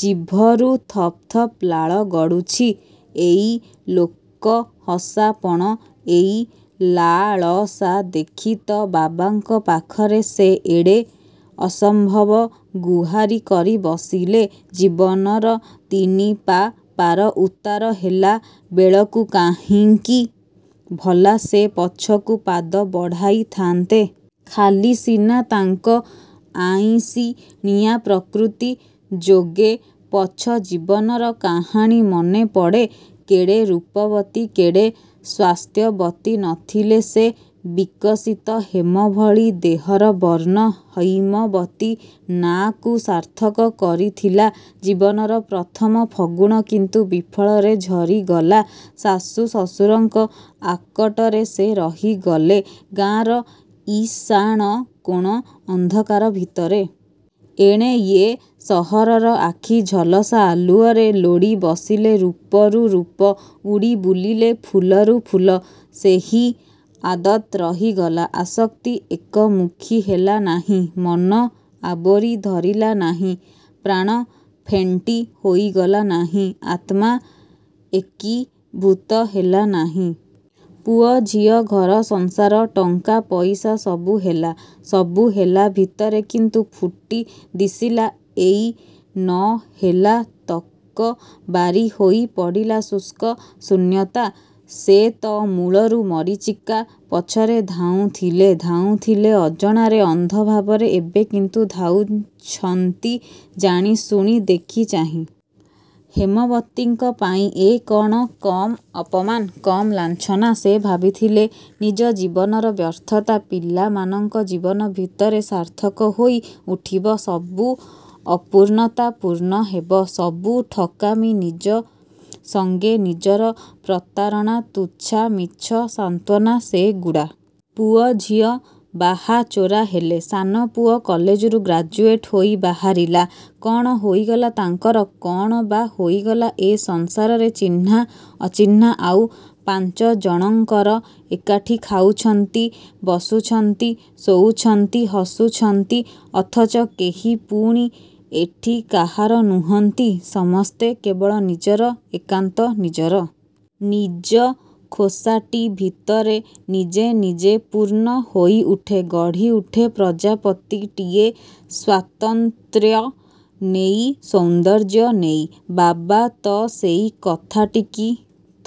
ଜିଭରୁ ଥପ୍ ଥପ୍ ଲାଳ ଗଡ଼ୁଛି। ଏଇ ଲୋକହସା ପଣ, ଏଇ ଲାଳସା ଦେଖି ତ ବାବାଙ୍କ ପାଖରେ ସେ ଏଡ଼େ ଅସମ୍ଭବ ଗୁହାରି କରି ବସିଲେ। ଜୀବନର ତିନି ପା, ପାର ଉତ୍ତାର ହେଲା ବେଳକୁ କାହିଁକି ଭଲା ସେ ପଛକୁ ପାଦ ବଢ଼ାଇ ଥା'ନ୍ତେ? ଖାଲି ସିନା ତାଙ୍କ ଆଇଁଷିଣିଆ ପ୍ରକୃତି ଯୋଗେ! ପଛ ଜୀବନର କାହାଣୀ ମନେପଡ଼େ–କେଡ଼େ ରୂପବତୀ କେଡ଼େ ସ୍ୱାସ୍ଥ୍ୟବତୀ ନ ଥିଲେ ସେ। ବିକଷିତ ହେମ ଭଳି ଦେହର ବର୍ଣ୍ଣ ହୈମବତୀ ନାଁକୁ ସାର୍ଥକ କରିଥିଲା। ଜୀବନର ପ୍ରଥମ ଫଗୁଣ କିନ୍ତୁ ବିଫଳରେ ଝରିଗଲା। ଶାଶୁ ଶଶୁରଙ୍କ ଆକଟରେ ସେ ରହିଗଲେ, ଗାଁର ଈଶାଣକୋଣ ଅନ୍ଧକାର ଭିତରେ। ଏଣେ, ୟେ ସହରର ଆଖି ଝଲସା ଆଲୁଅରେ ଲୋଡ଼ି ବସିଲେ ରୂପରୁ ରୂପ, ଉଡ଼ି ବୁଲିଲେ ଫୁଲରୁ ଫୁଲ। ସେହି ଆଦତ୍ ରହିଗଲା। ଆଶକ୍ତି ଏକମୁଖୀ ହେଲା ନାହିଁ। ମନ ଆବୋରି ଧରିଲା ନାହିଁ, ପ୍ରାଣ ଫେଣ୍ଟି ହୋଇଗଲା ନାହିଁ, ଆତ୍ମା ଏକୀଭୂତ ହେଲା ନାହିଁ। ପୁଅଝିଅ, ଘରସଂସାର, ଟଙ୍କା ପଇସା ସବୁ ହେଲା। ସବୁ ହେଲା ଭିତରେ କିନ୍ତୁ ଫୁଟି ଦିଶିଲା ଏଇ ନହେଲା ତକ ବାରି ହୋଇ ପଡ଼ିଲା ଶୁଷ୍କ ଶୂନ୍ୟତା। ସେ'ତ ମୂଳରୁ ମରୀଚିକା ପଛରେ ଧାଉଁଥିଲେ। ଧାଉଁଥିଲେ ଅଜଣାରେ, ଅନ୍ଧ ଭାବରେ, ଏବେ କିନ୍ତୁ ଧାଉଁଛନ୍ତି ଜାଣିଶୁଣି ଦେଖି ଚାହିଁ। ହେମବତୀଙ୍କ ପାଇଁ ଏ କ'ଣ କମ୍ ଅପମାନ୍, କମ୍ ଲାଞ୍ଛନା? ସେ ଭାବିଥିଲେ ନିଜ ଜୀବନର ବ୍ୟର୍ଥତା ପିଲାମାନଙ୍କ ଜୀବନ ଭିତରେ ସାର୍ଥକ ହୋଇ ଉଠିବ, ସବୁ ଅପୂର୍ଣ୍ଣତା ପୂର୍ଣ୍ଣ ହେବ। ସବୁ ଠକାମି... ନିଜ ସଙ୍ଗେ, ନିଜର ପ୍ରତାରଣା, ତୁଚ୍ଛା ମିଛ ସାନ୍ତ୍ୱନା ସେଗୁଡ଼ା। ପୁଅଝିଅ ବାହାଚୋରା ହେଲେ, ସାନପୁଅ କଲେଜରୁ ଗ୍ରାଜୁଏଟ୍ ହୋଇ ବାହାରିଲା। କ'ଣ ହୋଇଗଲା ତାଙ୍କର? କ'ଣ ବା ହୋଇଗଲା ଏ ସଂସାରରେ ଚିହ୍ନା ଅଚିହ୍ନା ଆଉ ପାଞ୍ଚଜଣଙ୍କର? ଏକାଠି ଖାଉଛନ୍ତି, ବସୁଛନ୍ତି, ଶୋଉଛନ୍ତି, ହସୁଛନ୍ତି ଅଥଚ କେହି ପୁଣି ଏଠି କାହାର ନୁହଁନ୍ତି। ସମସ୍ତେ କେବଳ ନିଜର, ଏକାନ୍ତ ନିଜର। ନିଜ ଖୋଷାଟି ଭିତରେ ନିଜେ ନିଜେ ପୂର୍ଣ୍ଣ ହୋଇଉଠେ। ଗଢ଼ି ଉଠେ ପ୍ରଜାପତିଟିଏ– ସ୍ୱାତନ୍ତ୍ର୍ୟ ନେଇ, ସୌନ୍ଦର୍ଯ୍ୟ ନେଇ। ବାବା ତ ସେଇ କଥାଟିକି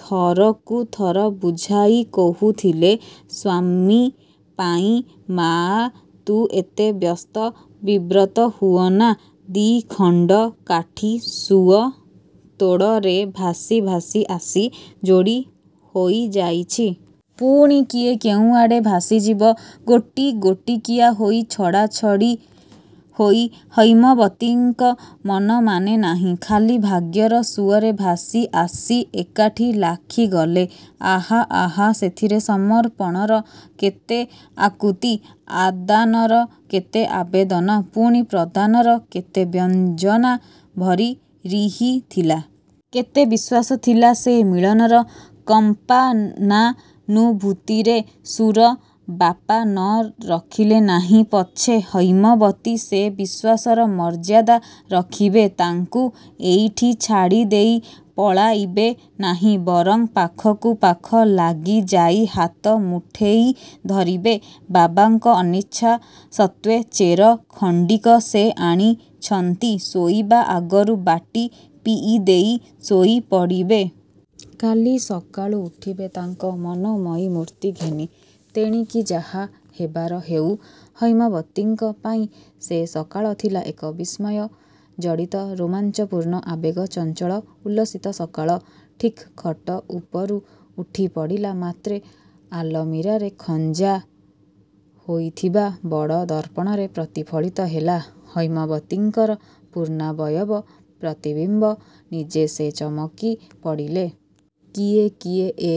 ଥରକୁ ଥର ବୁଝାଇ କହୁଥିଲେ, ''ସ୍ୱାମୀପାଇଁ ମାଆ ତୁ ଏତେ ବ୍ୟସ୍ତ ବିବ୍ରତ ହୁଅନା। ଦି'ଖଣ୍ଡ କାଠି ସୁଅ-ତୋଡ଼ରେ ଭାସି ଭାସି ଆସି ଯୋଡ଼ି ହୋଇଯାଇଛି। ପୁଣି କିଏ କେଉଁଆଡ଼େ ଭାସିଯିବ, ଗୋଟି ଗୋଟିକିଆ ହୋଇ, ଛଡ଼ାଛଡ଼ି ହୋଇ। ହୈମବତୀଙ୍କ ମନ ମାନେ ନାହିଁ। ଖାଲି ଭାଗ୍ୟର ସୁଅରେ ଭାସି ଆସି ଏକାଠି ଲାଖିଗଲେ! ଆହା ଆହା ସେଥିରେ ସମର୍ପଣର କେତେ ଆକୁତି, ଆଦାନର କେତେ ଆବେଦନ, ପୁଣି ପ୍ରଦାନର କେତେ ବ୍ୟଞ୍ଜନା ଭରି ରିହିଥିଲା! କେତେ ବିଶ୍ୱାସ ଥିଲା ସେ ମିଳନର କମ୍ପାନାନୁଭୂତିରେ! ସୁର ବାପା ନ ରଖିଲେ ନାହିଁ ପଛେ ହୈମବତୀ ସେ ବିଶ୍ୱାସର ମର୍ଯ୍ୟାଦା ରଖିବେ, ତାଙ୍କୁ ଏଇଠି ଛାଡ଼ିଦେଇ ପଳାଇବେ ନାହିଁ। ବରଂ ପାଖକୁ ପାଖ ଲାଗିଯାଇ ହାତ ମୁଠେଇ ଧରିବେ-। ବାବାଙ୍କ ଅନିଚ୍ଛାସତ୍ତ୍ୱେ ଚେର ଖଣ୍ଡିକ ସେ ଆଣିଛନ୍ତି–ଶୋଇବା ଆଗରୁ ବାଟି ପିଇଦେଇ ଶୋଇପଡ଼ିବେ। କାଲି ସକାଳୁ ଉଠିବେ ତାଙ୍କ ମନୋମୟୀ ମୂର୍ତ୍ତି ଘେନି। ତେଣିକି ଯାହା ହେବାର ହେଉ। ହୈମବତୀଙ୍କ ପାଇଁ ସେ ସକାଳ ଥିଲା ଏକ ବିସ୍ମୟଜଡ଼ିତ ରୋମାଞ୍ଚପୂର୍ଣ୍ଣ ଆବେଗ ଚଞ୍ଚଳ ଉଲ୍ଲସିତ ସକାଳ। ଠିକ୍ ଖଟ ଉପରୁ ଉଠିପଡ଼ିଲା ମାତ୍ରେ ଆଲମିରାରେ ଖଞ୍ଜା ହୋଇଥିବା ବଡ଼ ଦର୍ପଣରେ ପ୍ରତିଫଳିତ ହେଲା ହୈମବତୀଙ୍କର ପୂର୍ଣ୍ଣାବୟବ ପ୍ରତିବିମ୍ୱ ନିଜେ ସେ ଚମକି ପଡ଼ିଲେ। କିଏ... କିଏ ୟେ?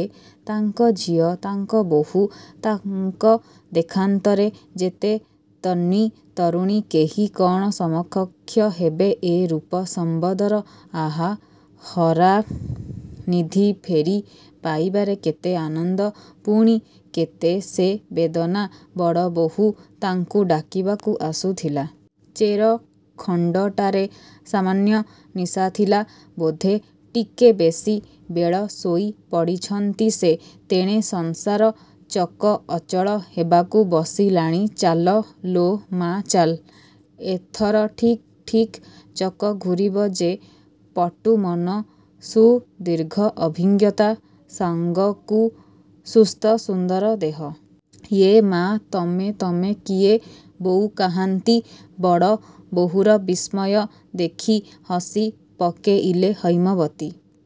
ତାଙ୍କ ଝିଅ, ତାଙ୍କ ବୋହୂ, ତାଙ୍କ ଦେଖାନ୍ତରେ ଯେତେ ତନ୍ୱୀ ତରୁଣୀ, କେହି କ'ଣ ସମକକ୍ଷ ହେବେ ଏ ରୂପ ସମ୍ପଦର? ଆଃ ହରାନିଧି ଫେରି ପାଇବାରେ କେତେ ଆନନ୍ଦ, ପୁଣି କେତେ ସେ ବେଦନା! ବଡ଼ବୋହୂ ତାଙ୍କୁ ଡାକିବାକୁ ଆସୁଥିଲା। ଚେର ଖଣ୍ଡଟାରେ ସାମାନ୍ୟ ନିଶା ଥିଲା ବୋଧେ। ଟିକେ ବେଶି ବେଳ ଶୋଇ ପଡ଼ିଛନ୍ତି ସେ। ତେଣେ ସଂସାର ଚକ ଅଚଳ ହେବାକୁ ବସିଲାଣି। ଚାଲ ଲୋ ମା, ଚାଲ୍। ଏଥର ଠିକ୍ ଠିକ୍ ଚକ ଘୂରିବ ଯେ, ପଟୁ ମନ, ସୁଦୀର୍ଘ ଅଭିଜ୍ଞତା ସାଙ୍ଗକୁ ସୁସ୍ଥ ସୁନ୍ଦର ଦେହ। ''ୟେ ମା! ତମେ, ତମେ କିଏ ବୋଉ କାହାନ୍ତି? '' ବଡ଼ ବୋହୂର ବିସ୍ମୟ ଦେଖି ହସି ପକେଇଲେ ହୈମବତୀ।